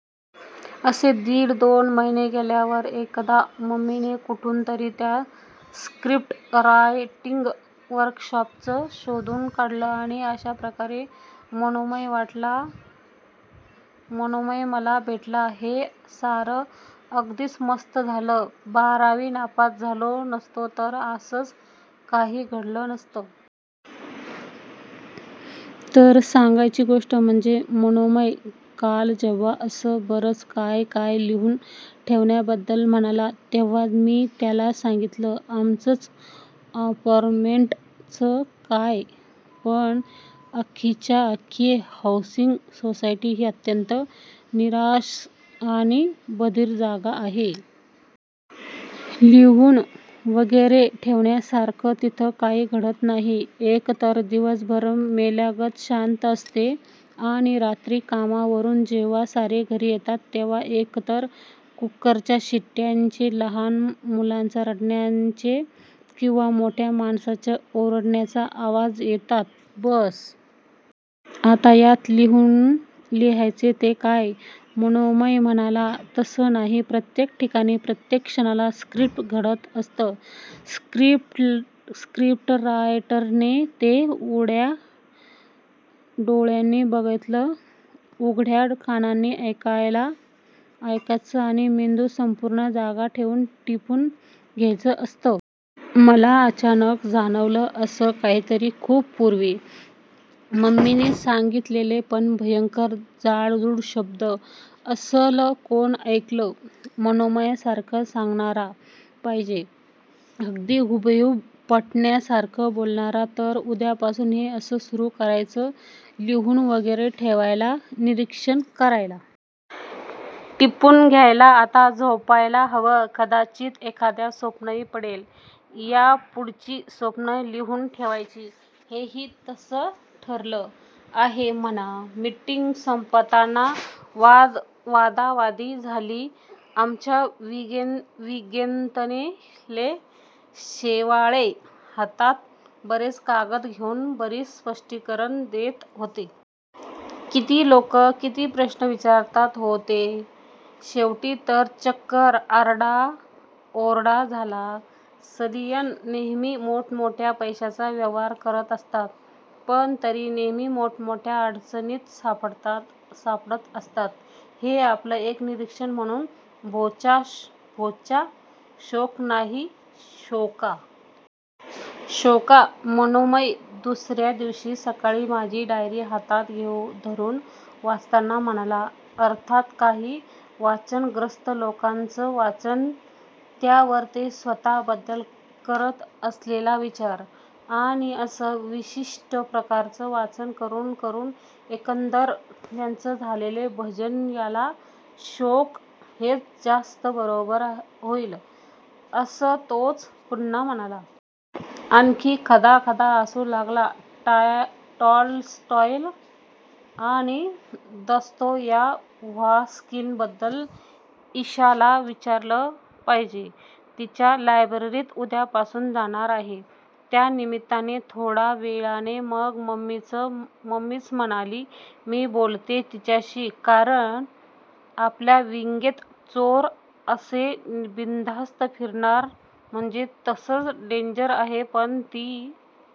असेच दीड-दोन महिने गेल्यावर एकदा मम्मीने कुठून तरी त्या स्क्रिप्ट रायटिंग वर्कशॉपचं शोधून काढलं, आणि अशा प्रकारे मनोमय मला भेटला. हे सारं अगदीच मस्त झालं. बारावी नापास झालो नसतो तर असलं काही घडलं नसतं. तर सांगायची गोष्ट म्हणजे मनोमय काल जेव्हा असं बरंच काय काय लिहून ठेवण्याबद्दल म्हणाला, तेव्हा मी त्याला सांगितलं-- आमचं अपार्टमेंटच काय, पण अख्खीच्या अख्खी हौसिंग सोसायटी ही अत्यंत नीरस आणि बधीर जागा आहे. लिहून वगैरे ठेवण्यासारखं तिथं काही घडत नाही. एकतर दिवसभर मेल्यागत शांत असते. आणि रात्री कामावरून जेव्हा सारे घरी येतात तेव्हा एकतर कुकरच्या शिट्यांचे, लहान मुलांच्या रडण्याचे किंवा मोठ्या माणासांच्या ओरडण्याचे आवाज येतात. बस. आता यात लिहून लिहायचं ते काय? मनोमय म्हणाला-- तसं नाही. प्रत्येक ठिकाणी, प्रत्येक क्षणाला स्क्रिप्ट घडत असतं. स्क्रिप्टरायटरने ते उघड्या डोळ्यांनी बघायचं, उघड्या कानांनी ऐकायचं, आणि मेंदू संपूर्ण जागा ठेऊन टिपून घ्यायचं असतं. मला अचानक जाणवलं, असंच काहीतरी खूप पुर्वी मम्मीने सांगितलेलं, पण भयंकर जाडजूड शब्दांत. असलं कोण ऐकेल? मनोमयसारख सांगणारा पाहिजे. अगदी हुबेहुब पटण्यासारखं बोलणारा. तर उद्यापासून हे असं सुरू करायचं. लिहून वगैरे ठेवायला. निरीक्षण करायला. टिपून घ्यायला. आता झोपायला हवं. कदाचित एखादं स्वप्नही पडेल. यापुढची स्वप्नंही लिहून ठेवायची- हेही तसं ठरलं आहेच म्हणा. मिटिंग संपताना वादावादी झाली. आमच्या विंगेतले शेवाळे हातात बरेच कागद घेऊन बरीच स्पष्टीकरणं देत होते. किती लोक किती प्रश्न विचारत होते. शेवटी तर चक्क आरडाओरडा झाला. सलियन नेहमी मोठमोठ्या पैशांचे व्यवहार करत असतात. पण तरी नेहमी मोठमोठ्या अडचणींत सापडत असतात. हे आपलं एक निरीक्षण म्हणून. भोच्या, शोक नाही, शौक. शौक-- मनोमय दुसर्या दिवशी सकाळी माझी डायरी हातात धरून वाचताना म्हणाला. अर्थात काही वाचनग्रस्त लोकांचं वाचन, त्यावर ते स्वतःबद्दल करत असलेला विचार, आणि असं विशिष्ठ प्रकारचं वाचन करून करून एकंदरच त्यांचं झालेलं भजं- याला शोक हेच जास्त बरोबर होईल-- असं तोच पुन्हा म्हणाला. आणि खदाखदा हसू लागला. टॉलस्टॉय आणि दस्तोयव्हस्कीबद्दल इशाला विचारलं पाहिजे. तिच्या लायब्ररीत उद्यापासून जाणार आहेच-- त्या निमित्ताने. थोड्या वेळाने मग मम्मीच म्हणाली-- मी बोलले तिच्याशी. कारण आपल्या विंगेत चोर असे बिनधास्त फिरणं म्हणजे तसं डेंजरस आहे. पण ती